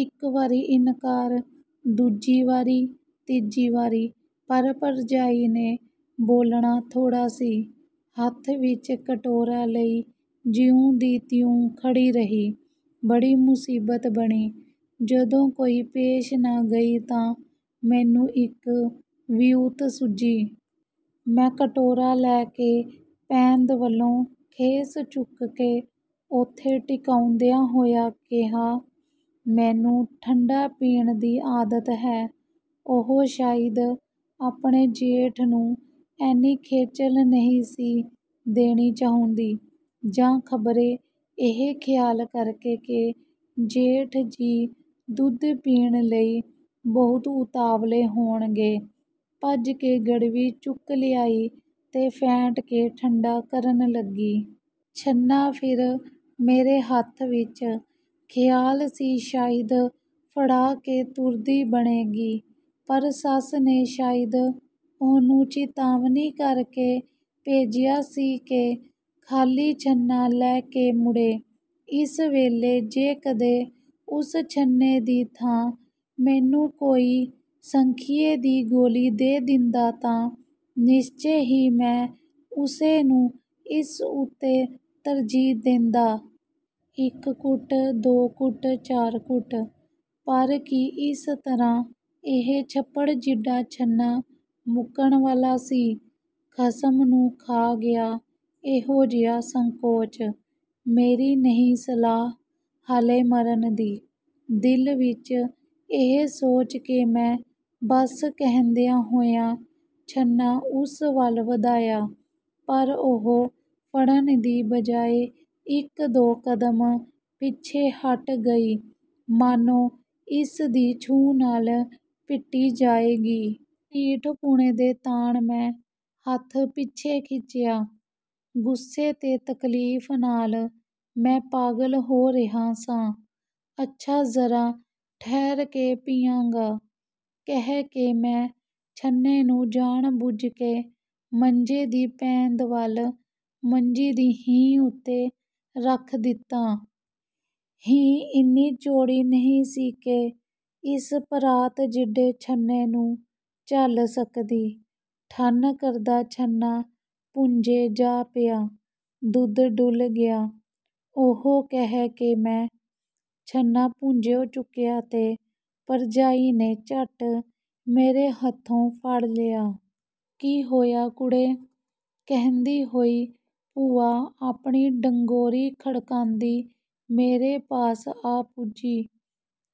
ਇੱਕ ਵਾਰੀ ਇਨਕਾਰ, ਦੂਜੀ ਵਾਰੀ, ਤੀਜੀ ਵਾਰੀ, ਪਰ ਭਰਜਾਈ ਨੇ ਬੋਲਣਾ ਥੋੜ੍ਹਾ ਸੀ। ਹੱਥ ਵਿੱਚ ਕਟੋਰਾ ਲਈ ਜਿਉਂ ਦੀ ਤਿਉਂ ਖੜੀ ਰਹੀ। ਬੜੀ ਮੁਸੀਬਤ ਬਣੀ। ਜਦੋਂ ਕੋਈ ਪੇਸ਼ ਨਾ ਗਈ ਤਾਂ ਮੈਨੂੰ ਇੱਕ ਵਿਉਂਤ ਸੁੱਝੀ। ਮੈਂ ਕਟੋਰਾ ਲੈ ਕੇ ਪੈਂਦ ਵੱਲੋਂ ਖੇਸ ਚੁੱਕ ਕੇ ਓਥੇ ਟਿਕਾਉਂਦਿਆਂ ਹੋਇਆਂ ਕਿਹਾ, “ਮੈਨੂੰ ਠੰਢਾ ਪੀਣ ਦੀ ਆਦਤ ਹੈ।” ਉਹ ਸ਼ਾਇਦ ਆਪਣੇ ਜੇਠ ਨੂੰ ਐਨੀ ਖੇਚਲ ਨਹੀਂ ਸੀ ਦੇਣੀ ਚਾਹੁੰਦੀ, ਜਾਂ ਖ਼ਬਰੇ ਇਹ ਖ਼ਿਆਲ ਕਰਕੇ ਕਿ ਜੇਠ ਜੀ ਦੁੱਧ ਪੀਣ ਲਈ ਬਹੁਤ ਉਤਾਵਲੇ ਹੋਣਗੇ, ਭੱਜ ਕੇ ਗੜਵੀ ਚੁੱਕ ਲਿਆਈ ਤੇ ਫੈਂਟ ਕੇ ਠੰਢਾ ਕਰਨ ਲੱਗੀ। ਛੰਨਾ ਫਿਰ ਮੇਰੇ ਹੱਥ ਵਿੱਚ। ਖ਼ਿਆਲ ਸੀ ਸ਼ਾਇਦ ਫੜਾ ਕੇ ਤੁਰਦੀ ਬਣੇਗੀ, ਪਰ ਸੱਸ ਨੇ ਸ਼ਾਇਦ ਉਹਨੂੰ ਚਿਤਾਵਨੀ ਕਰਕੇ ਭੇਜਿਆ ਸੀ ਕਿ ਖਾਲੀ ਛੰਨਾ ਲੈ ਕੇ ਮੁੜੇ। ਇਸ ਵੇਲੇ ਜੇ ਕਦੇ ਉਸ ਛੰਨੇ ਦੀ ਥਾਂ ਮੈਨੂੰ ਕੋਈ ਸੰਖੀਏ ਦੀ ਗੋਲੀ ਦੇ ਦਿੰਦਾ ਤਾਂ ਨਿਸ਼ਚੇ ਹੀ ਮੈਂ ਉਸੇ ਨੂੰ ਇਸ ਉੱਤੇ ਤਰਜੀਹ ਦੇਂਦਾ। ਇੱਕ ਘੁੱਟ, ਦੋ ਘੁੱਟ, ਚਾਰ ਘੁੱਟ, ਪਰ ਕੀ ਇਸ ਤਰ੍ਹਾਂ ਇਹ ਛੱਪੜ ਜਿੱਡਾ ਛੰਨਾ ਮੁੱਕਣ ਵਾਲਾ ਸੀ? “ਖਸਮ ਨੂੰ ਖਾ ਗਿਆ ਇਹੋ ਜਿਹਾ ਸੰਕੋਚ। ਮੇਰੀ ਨਹੀਂ ਸਲਾਹ ਹਾਲੇ ਮਰਨ ਦੀ।” ਦਿਲ ਵਿੱਚ ਇਹ ਸੋਚ ਕੇ ਮੈਂ “ਬੱਸ” ਕਹਿੰਦਿਆਂ ਹੋਇਆਂ, ਛੰਨਾ ਉਸ ਵੱਲ ਵਧਾਇਆ, ਪਰ ਉਹ ਫੜਨ ਦੀ ਬਜਾਇ ਇੱਕ-ਦੋ ਕਦਮ ਪਿੱਛੇ ਹਟ ਗਈ, ਮਾਨੋ ਇਸ ਦੀ ਛੂਹ ਨਾਲ ਭਿੱਟੀ ਜਾਏਗੀ। ਢੀਠਪੁਣੇ ਦੇ ਤਾਣ ਮੈਂ ਹੱਥ ਪਿੱਛੇ ਖਿੱਚਿਆ। ਗੁੱਸੇ ਤੇ ਤਕਲੀਫ਼ ਨਾਲ ਮੈਂ ਪਾਗਲ ਹੋ ਰਿਹਾ ਸਾਂ। “ਅੱਛਾ, ਜ਼ਰਾ ਠਹਿਰ ਕੇ ਪੀਆਂਗਾ,” ਕਹਿ ਕੇ ਮੈਂ ਛੰਨੇ ਨੂੰ ਜਾਣ-ਬੁੱਝ ਕੇ ਮੰਜੇ ਦੀ ਪੈਂਦ ਵੱਲ ਮੰਜੀ ਦੀ ਹੀਂਹ ਉੱਤੇ ਰੱਖ ਦਿੱਤਾ। ਹੀਂਹ ਇੰਨੀ ਚੌੜੀ ਨਹੀਂ ਸੀ ਕਿ ਇਸ ਪਰਾਤ ਜਿੱਡੇ ਛੰਨੇ ਨੂੰ ਝੱਲ ਸਕਦੀ। “ਠੰਨ” ਕਰਦਾ ਛੰਨਾ ਭੁੰਜੇ ਜਾ ਪਿਆ। ਦੁੱਧ ਡੁੱਲ੍ਹ ਗਿਆ। “ਉਹੋ!” ਕਹਿ ਕੇ ਮੈਂ ਛੰਨਾ ਭੁੰਜਿਓਂ ਚੁੱਕਿਆ ਤੇ ਭਰਜਾਈ ਨੇ ਝੱਟ ਮੇਰੇ ਹੱਥੋਂ ਫੜ ਲਿਆ। “ਕੀ ਹੋਇਆ ਕੁੜੇ?” ਕਹਿੰਦੀ ਹੋਈ ਭੂਆ ਆਪਣੀ ਡੰਗੋਰੀ ਖੜਕਾਂਦੀ ਮੇਰੇ ਪਾਸ ਆ ਪੁੱਜੀ।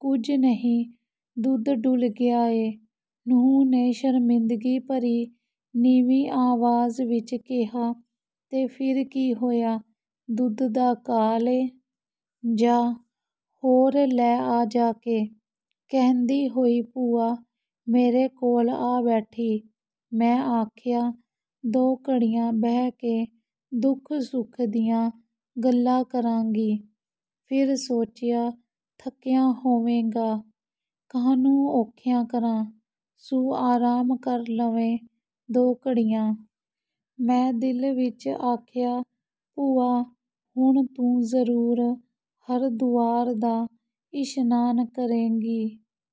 “ਕੁਝ ਨਹੀਂ, ਦੁੱਧ ਡੁੱਲ੍ਹ ਗਿਆ ਏ,” ਨੂੰਹ ਨੇ ਸ਼ਰਮਿੰਦਗੀ ਭਰੀ ਨੀਵੀਂ ਆਵਾਜ਼ ਵਿੱਚ ਕਿਹਾ। “ਤੇ ਫਿਰ ਕੀ ਹੋਇਆ? ਦੁੱਧ ਦਾ ਕਾਲ ਏ? ਜਾਹ, ਹੋਰ ਲੈ ਆ ਜਾ ਕੇ,” ਕਹਿੰਦੀ ਹੋਈ ਭੂਆ ਮੇਰੇ ਕੋਲ ਆ ਬੈਠੀ। “ਮੈਂ ਆਖਿਆ, ਦੋ ਘੜੀਆਂ ਬਹਿ ਕੇ ਦੁੱਖ-ਸੁੱਖ ਦੀਆਂ ਗੱਲਾਂ ਕਰਾਂਗੀ। ਫਿਰ ਸੋਚਿਆ, ਥੱਕਿਆ ਹੋਵੇਗਾ, ਕਾਹਨੂੰ ਔਖਿਆਂ ਕਰਾਂ, ਸੁ ਆਰਾਮ ਕਰ ਲਵੇ ਦੋ ਘੜੀਆਂ।” ਮੈਂ ਦਿਲ ਵਿੱਚ ਆਖਿਆ, “ਭੂਆ, ਹੁਣ ਤੂੰ ਜ਼ਰੂਰ ਹਰਦੁਆਰ ਦਾ ਇਸ਼ਨਾਨ ਕਰੇਂਗੀ।”